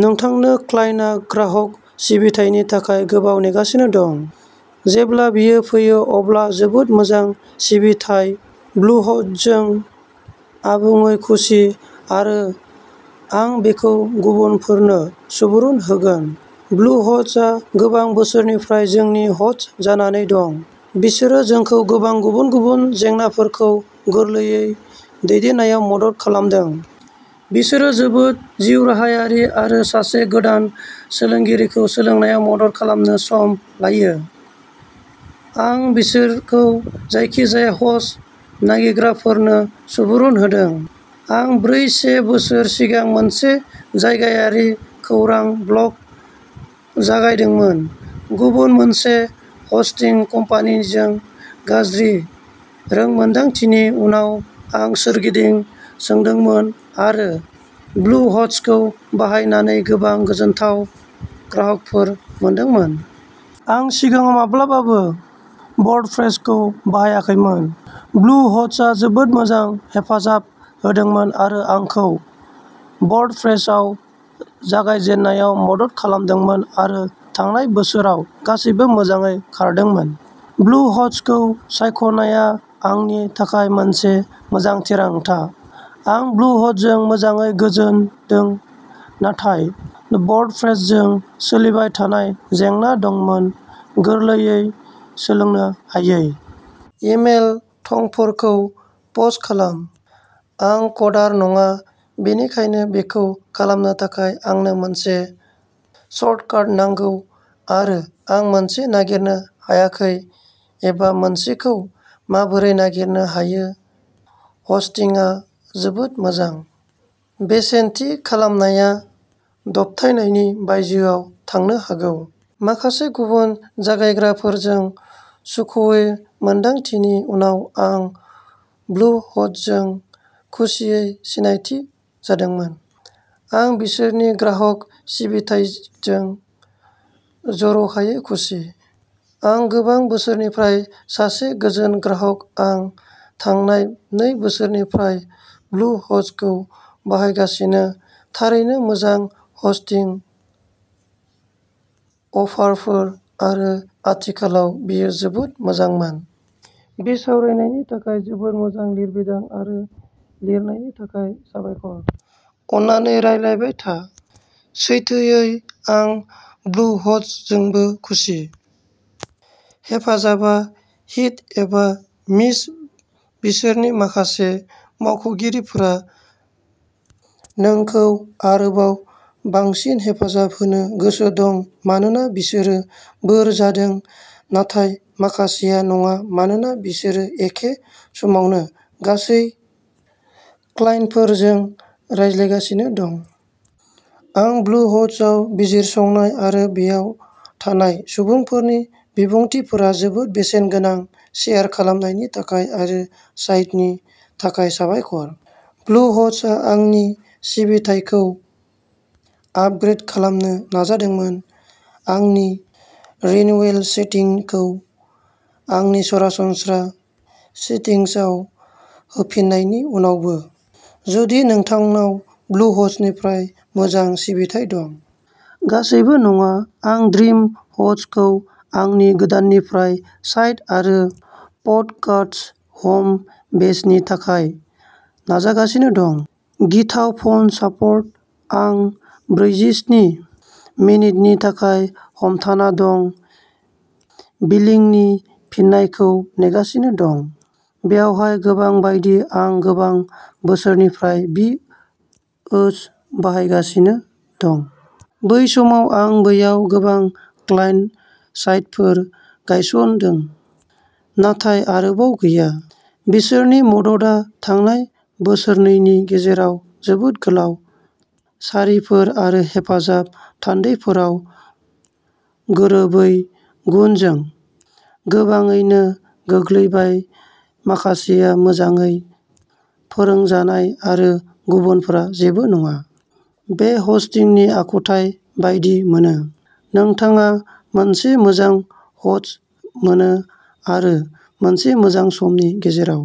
नोंथांनो क्लायन्ट ग्राहक सिबिथायनि थाखाय गोबाव नेगासिनो दं। जेब्ला बेयो फैयो अब्ला जोबोद मोजां सिबिथाइ ब्लुहस्टजों आबुङै खुसि आरो आं बेखौ गुबुनफोरनो सुबुरुन होगोन। ब्लुहस्टआ गोबां बोसोरनिफ्राय जोंनि हस्ट जानानै दं। बिसोरो जोंखौ गोबां गुबुन गुबुन जेंनाफोरखौ गोरलैयै दैदेननायाव मदद खालामदों। बिसोरो जोबोद जिउराहायारि आरो सासे गोदान सोलोंगिरिखौ सोलोंनायाव मदद खालामनो सम लायो। आं बिसोरखौ जायखिजाया हस्ट नागिरग्राफोरनो सुबुरुन होदों। आं ब्रै से बोसोर सिगां मोनसे जायगायारि खौरां ब्लग जागायदोंमोन। गुबुन मोनसे हस्टिं कम्पानिजों गाज्रि रोंमोनदांथिनि उनाव आं सोरगिदिं सोंदोंमोन आरो ब्लुहस्टखौ बाहायनानै गोबां गोजोनथाव ग्राहकफोर मोनदोंमोन। आं सिगाङाव माब्लाबाबो वर्डप्रेसखौ बाहायाखैमोन। ब्लुहस्टआ जोबोद मोजां हेफाजाब होदोंमोन आरो आंखौ वर्डप्रेसआव जागायजेननायाव मदद खालामदोंमोन आरो थांनाय बोसोराव गासैबो मोजाङै खारदोंमोन। ब्लुहस्टखौ सायख'नाया आंनि थाखाय मोनसे मोजां थिरांथा। आं ब्लुहस्टजों मोजाङै गोजोनदों नाथाय वर्डप्रेसजों सोलिबाय थानाय जेंना दंमोन गोरलैयै सोलोंनो हायै। इमेल थंफोरखौ पस्ट खालाम। आं कडार नङा बेनिखायनो बेखौ खालामनो थाखाय आंनो मोनसे सर्टकाट नांगौ आरो आं मोनसे नागिरनो हायाखै एबा मोनसेखौ माबोरै नागिरनो हायो हस्टिंआ जोबोद मोजां। बेसेन थि खालामनाया दबथायनायनि बायजोआव थांनो हागौ। माखासे गुबुन जगायग्राफोरजों सुखुयै मोन्दांथिनि उनाव आं ब्लुहस्टजों खुसियै सिनायथि जादोंमोन। आं बिसोरनि ग्राहक सिबिथाइजों जर'खायै खुसि। आं गोबां बोसोरनिफ्राय सासे गोजोन ग्राहक आं थांनाय नै बोसोरनिफ्राय ब्लुहस्टखौ बाहायगासिनो थारैनो मोजां हस्टिं अफारफोर आरो आथिखालाव बेयो जोबोद मोजांमोन। बिसावरायनायनि थाखाय जोबोद मोजां लिरबिदां आरो लिरनायनि थाखाय साबायखर। अन्नानै रानलायबाय था। सैथोयै आं ब्लु हस्टजोंबो खुसि। हेफाजाबआ हिट एबा मिस बिसोरनि माखासे मावख'गिरिफोरा नोंखौ आरोबाव बांसिन हेफाजाब होनो गोसो दं मानोना बिसोरो बोर जादों नाथाय माखासेआ नङा मानोना बिसोरो एखे समावनो गासै क्लाइन्टफोरजों रायज्लांगासिनो दं। आं ब्लुहस्टआव बिजिरसंनाय आरो बेवहाय थानाय सुबुंफोरनि बिबुंथिफोरा जोबोद बेसेनगोनां शेयार खालामनायनि थाखाय आरो साइटनि थाखाय साबायखर! ब्लुहस्टआ आंनि सिबिथायखौ आपग्रेद खालामनो नाजादोंमोन आंनि रिन्युएल सेटिंखौ आंनि सरासनस्रा सेटिंसआव होफिननायनि उनावबो। जुदि नोंथांनाव ब्लुहस्टनिफ्राय मोजां सिबिथाइ दं। गासैबो नङा। आं ड्रिमहस्टखौ आंनि गोदानसिन साइट आरो पडकास्ट हम बेसनि थाखाय नाजागासिनो दं। गिथाव फन सापर्ट आं ब्रैजिस्नि मिनिटनि थाखाय हमथाना दं बिलिंनि फिननायखौ नेगासिनो दं। बेवहाय गोबां बायदि आं गोबां बोसोरनिफ्राय बि ओस बाहायगासिनो दं। बै समाव आं बैयाव गोबां क्लाइन्ट साइटफोर गायस'नदों। नाथाय आरोबाव गैया। बिसोरनि मददआ थांनाय बोसोरनैनि गेजेराव जोबोद गोलाव सारिफोर आरो हेफाजाब थान्दैफोराव गोरोबै गुनजों गोबाङैनो गोग्लैबाय माखासेआ मोजाङै फोरोंजानाय आरो गुबुनफोरा जेबो नङा। बेखौ हस्टिंनि आखुथाय बायदि मोनो। नोंथाङा मोनसे मोजां हस्ट मोनो आरो मोनसे मोजां समनि गेजेराव।